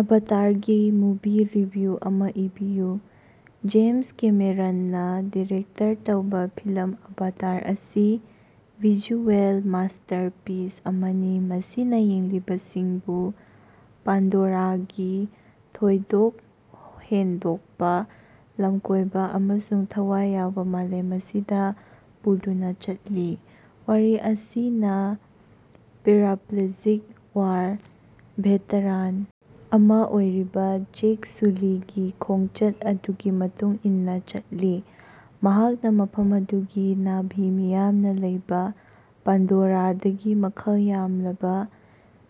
ꯑꯕꯥꯇꯥꯔꯒꯤ movie review ꯑꯃꯥ ꯏꯕꯤꯌꯨ꯫ James ꯀꯦꯃꯦꯔꯟꯅꯥ ꯗꯤꯔꯦꯛꯇꯔ ꯇꯧꯕꯥ ꯐꯤꯂꯝ ꯑꯚꯥꯇꯥꯔ ꯑꯁꯤ ꯚꯤꯖꯨꯑꯦꯜ ꯃꯥꯁꯇꯔꯄꯤꯁ ꯑꯃꯅꯤ ꯃꯁꯤꯅꯥ ꯌꯦꯡꯂꯤꯕꯁꯤꯡꯕꯨ ꯄꯥꯟꯗꯣꯔꯥꯒꯤ ꯊꯣꯏꯗꯣꯛ ꯍꯦꯟꯗꯣꯛꯄꯥ, ꯂꯝꯀꯣꯏꯕꯥ ꯑꯃꯁꯨꯡ ꯊꯋꯥꯏ ꯌꯥꯎꯕꯥ ꯃꯥꯂꯦꯝ ꯑꯁꯤꯗꯥ ꯄꯨꯗꯨꯅꯥ ꯆꯠꯂꯤ꯫ ꯋꯥꯔꯤ ꯑꯁꯤꯅꯥ ꯄꯦꯔꯥꯄ꯭ꯂꯦꯖꯤꯛ ꯋꯥꯔ ꯚꯦꯇꯔꯥꯟ ꯑꯃꯥ ꯑꯣꯏꯔꯤꯕꯥ ꯖꯦꯛ ꯁꯨꯂꯤꯒꯤ ꯈꯣꯡꯆꯠ ꯑꯗꯨꯒꯤ ꯃꯇꯨꯡ ꯏꯟꯅꯥ ꯆꯠꯂꯤ, ꯃꯍꯥꯛꯅꯥ ꯃꯐꯝ ꯑꯗꯨꯒꯤ ꯅꯥꯚꯤ ꯃꯤꯌꯥꯝꯅꯥ ꯂꯩꯕꯥ ꯄꯥꯟꯗꯣꯔꯥꯗꯒꯤ ꯃꯃꯜ ꯌꯥꯝꯂꯕꯥ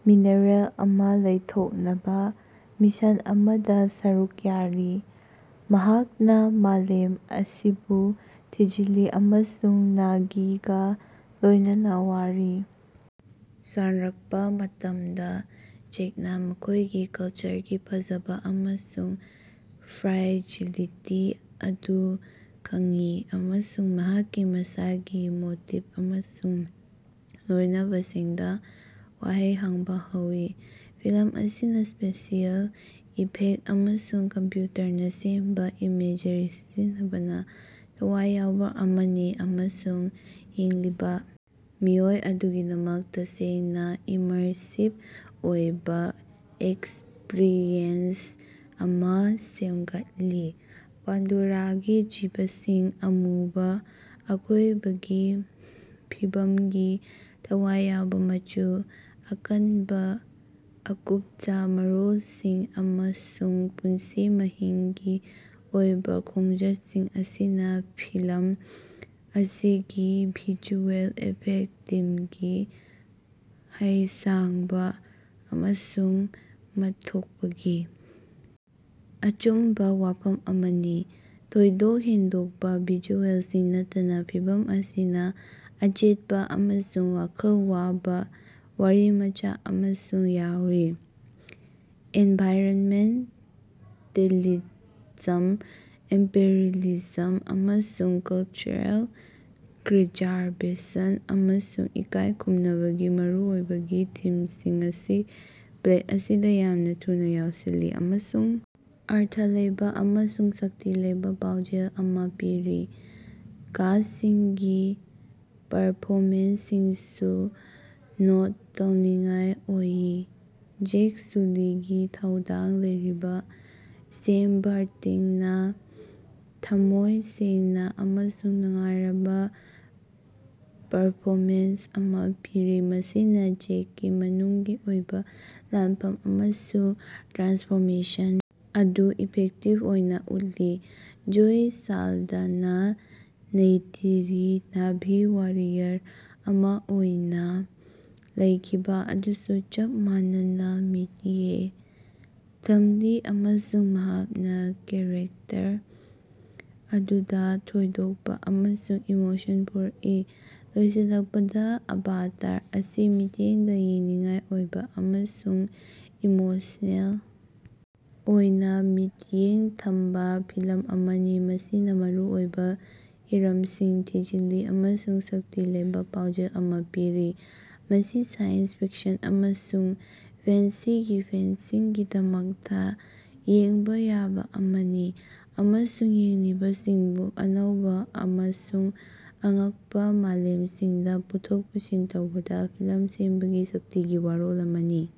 ꯃꯤꯅꯔꯦꯜ ꯑꯃꯥ ꯂꯧꯊꯣꯛꯅꯕꯥ ꯃꯤꯁꯟ ꯑꯃꯗꯥ ꯁꯔꯨꯛ ꯌꯥꯔꯤ꯫ ꯃꯍꯥꯛꯅꯥ ꯃꯥꯂꯦꯝ ꯑꯁꯤꯕꯨ ꯊꯤꯖꯤꯜꯂꯤ ꯑꯃꯁꯨꯡ ꯅꯥꯚꯤꯒꯥ ꯂꯣꯏꯅꯅꯥ ꯋꯥꯔꯤ ꯁꯥꯔꯛꯄꯥ ꯃꯇꯝꯗꯥ, ꯖꯦꯛꯅꯥ ꯃꯈꯣꯏꯒꯤ ꯀꯜꯆꯔꯒꯤ ꯐꯖꯕꯥ ꯑꯃꯁꯨꯡ ꯐ꯭ꯔꯥꯏꯖꯤꯂꯤꯇꯤ ꯑꯗꯨ ꯈꯪꯏ ꯑꯃꯁꯨꯡ ꯃꯍꯥꯛꯀꯤ ꯃꯁꯥꯒꯤ ꯃꯣꯇꯤꯞ ꯑꯃꯁꯨꯡ ꯂꯣꯏꯅꯕꯤꯁꯤꯡꯗꯥ ꯋꯥꯍꯩ ꯍꯪꯕꯥ ꯍꯧꯏ꯫ ꯐꯤꯂꯝ ꯑꯁꯤꯅꯥ ꯁ꯭ꯄꯦꯁꯤꯑꯦꯜ ꯏꯐꯦꯛ ꯑꯃꯁꯨꯡ ꯀꯝꯄ꯭ꯌꯨꯇꯔꯅꯥ ꯁꯦꯝꯕꯥ ꯏꯃꯦꯖꯔꯤ ꯁꯤꯖꯤꯟꯅꯕꯅꯥ ꯊꯋꯥꯏ ꯌꯥꯎꯕꯥ ꯑꯃꯅꯤ ꯑꯃꯁꯨꯡ ꯌꯦꯡꯂꯤꯕꯥ ꯃꯤꯑꯣꯏ ꯑꯗꯨꯒꯤꯗꯃꯛ ꯇꯁꯦꯡꯅꯥ ꯏꯃꯔꯁꯤꯞ ꯑꯣꯏꯕꯥ ꯑꯦꯛꯁꯄ꯭ꯔꯤꯌꯦꯟꯁ ꯑꯃꯥ ꯁꯦꯝꯒꯠꯂꯤ꯫ ꯄꯥꯟꯗꯣꯔꯥꯒꯤ ꯖꯤꯕꯁꯤꯡ ꯑꯃꯨꯕ ꯑꯀꯣꯏꯕꯒꯤ ꯐꯤꯕꯝꯒꯤ ꯊꯋꯥꯏ ꯌꯥꯎꯕꯥ ꯃꯆꯨ, ꯑꯀꯟꯕꯥ ꯑꯀꯨꯞꯆꯥ ꯃꯔꯣꯜꯁꯤꯡ ꯑꯃꯁꯨꯡ ꯄꯨꯟꯁꯤ ꯃꯍꯤꯡꯒꯤ ꯑꯣꯏꯕꯥ ꯈꯣꯡꯆꯠꯁꯤꯡ ꯑꯁꯤꯅꯥ ꯐꯤꯂꯝ ꯑꯁꯤꯒꯤ ꯚꯤꯖꯨꯑꯦꯜ ꯏꯐꯦꯛ ꯇꯤꯝꯒꯤ ꯍꯩꯁꯥꯡꯕꯥ ꯑꯃꯁꯨꯡ ꯃꯊꯣꯛꯄꯒꯤ ꯑꯆꯨꯝꯕꯥ ꯋꯥꯐꯝ ꯑꯃꯅꯤ꯫ ꯊꯣꯏꯗꯣꯛ ꯍꯦꯟꯗꯣꯛꯄꯥ ꯚꯤꯖꯨꯑꯦꯜꯁꯤꯡ ꯅꯠꯇꯅꯥ ꯐꯤꯂꯝ ꯑꯁꯤꯅꯥ ꯑꯆꯦꯠꯄꯥ ꯑꯃꯁꯨꯡ ꯋꯥꯈꯜ ꯋꯥꯕꯥ ꯋꯥꯔꯤꯃꯆꯥ ꯑꯃꯁꯨ ꯌꯥꯎꯔꯤ꯫ ꯑꯦꯟꯚꯥꯏꯔꯟꯃꯦꯟꯇꯦꯂꯤꯖꯝ, ꯏꯝꯄꯦꯔꯦꯂꯤꯖꯝ ꯑꯃꯁꯨꯡ ꯀꯜꯆꯔꯦꯜ ꯄ꯭ꯔꯤꯖꯥꯔꯕꯦꯁꯟ ꯑꯃꯁꯨꯡ ꯏꯀꯥꯏ ꯈꯨꯝꯅꯕꯒꯤ ꯃꯔꯨꯑꯣꯏꯕꯒꯤ ꯊꯤꯝꯁꯤꯡ ꯑꯁꯤ ꯄ꯭ꯂꯦꯠ ꯑꯁꯤꯗꯥ ꯌꯥꯝꯅꯥ ꯊꯨꯅꯥ ꯌꯥꯎꯁꯤꯜꯂꯤ ꯑꯃꯁꯨꯡ ꯑꯔꯊ ꯂꯩꯕꯥ ꯑꯃꯁꯨꯡ ꯁꯛꯇꯤ ꯂꯩꯕꯥ ꯄꯥꯎꯖꯦꯜ ꯑꯃꯥ ꯄꯤꯔꯤ꯫ ꯀꯥꯁꯁꯤꯡꯒꯤ ꯄꯔꯐꯣꯃꯦꯟꯁꯁꯤꯡꯁꯨ ꯅꯣꯠ ꯇꯧꯅꯤꯡꯉꯥꯏ ꯑꯣꯏ꯫ ꯖꯦꯛ ꯁꯨꯂꯤꯒꯤ ꯊꯧꯗꯥꯡ ꯂꯧꯔꯤꯕꯥ ꯁꯦꯝ ꯕꯔꯇꯤꯡꯅꯥ ꯊꯝꯃꯣꯏ ꯁꯦꯡꯅꯥ ꯑꯃꯁꯨꯡ ꯅꯨꯡꯉꯥꯏꯔꯕꯥ ꯄꯔꯐꯣꯃꯦꯟꯁ ꯑꯃꯥ ꯄꯤꯔꯤ, ꯃꯁꯤꯅꯥ ꯖꯦꯛꯀꯤ ꯃꯅꯨꯡꯒꯤ ꯑꯣꯏꯕꯥ ꯂꯥꯟꯐꯝ ꯑꯃꯁꯨꯡ ꯇ꯭ꯔꯥꯟꯁꯐꯣꯔꯃꯦꯁꯟ ꯑꯗꯨ ꯏꯐꯦꯛꯇꯤꯞ ꯑꯣꯏꯅꯥ ꯎꯠꯂꯤ꯫ Zoe Saldana Neytiri, Na'vi warrior ꯑꯃꯥ ꯑꯣꯏꯅꯥ ꯂꯩꯈꯤꯕꯥ ꯑꯗꯨꯁꯨ ꯆꯞ ꯃꯥꯟꯅꯅꯥ ꯃꯤꯠꯌꯦꯡ ꯊꯝꯂꯤ ꯑꯃꯁꯨꯡ ꯃꯍꯥꯛꯅꯥ ꯀꯦꯔꯦꯇꯔ ꯑꯗꯨꯗꯥ ꯊꯣꯏꯗꯣꯛꯄꯥ ꯑꯃꯁꯨꯡ ꯏꯃꯣꯁꯟ ꯄꯨꯔꯛꯏ꯫ ꯂꯣꯏꯁꯤꯜꯂꯛꯄꯗꯥ, ꯑꯕꯥꯇꯥꯔ ꯑꯁꯤ ꯃꯤꯠꯌꯦꯡꯗꯥ ꯌꯦꯡꯅꯤꯡꯉꯥꯏ ꯑꯣꯏꯕꯥ ꯑꯃꯁꯨꯡ ꯏꯃꯣꯁꯅꯦꯜ ꯑꯣꯏꯅꯥ ꯃꯤꯠꯌꯦꯡ ꯊꯝꯕꯥ ꯐꯤꯂꯝ ꯑꯃꯅꯤ, ꯃꯁꯤꯅꯥ ꯃꯔꯨꯑꯣꯏꯕꯥ ꯍꯤꯔꯝꯁꯤꯡ ꯊꯤꯖꯤꯜꯂꯤ ꯑꯃꯁꯨꯡ ꯁꯛꯇꯤ ꯂꯩꯕꯥ ꯄꯥꯎꯖꯦꯜ ꯑꯃꯥ ꯄꯤꯔꯤ꯫ ꯃꯁꯤ ꯁꯥꯏꯟꯁ ꯐꯤꯛꯁꯟ ꯑꯃꯁꯨꯡ ꯐꯦꯟꯁꯤꯒꯤ ꯐꯦꯟꯁꯤꯡꯒꯤꯗꯃꯛꯇꯥ ꯌꯦꯡꯕꯥ ꯌꯥꯕꯥ ꯑꯃꯅꯤ, ꯑꯃꯁꯨꯡ ꯌꯦꯡꯂꯤꯕꯁꯤꯡꯕꯨ ꯑꯅꯧꯕꯥ ꯑꯃꯁꯨꯡ ꯑꯉꯛꯄꯥ ꯃꯥꯂꯦꯝꯁꯤꯡꯗꯥ ꯄꯨꯊꯣꯛ ꯄꯨꯁꯤꯟ ꯇꯧꯕꯗꯥ ꯐꯤꯂꯝ ꯁꯦꯝꯕꯒꯤ ꯁꯛꯇꯤꯒꯤ ꯋꯥꯔꯣꯜ ꯑꯃꯅꯤ꯫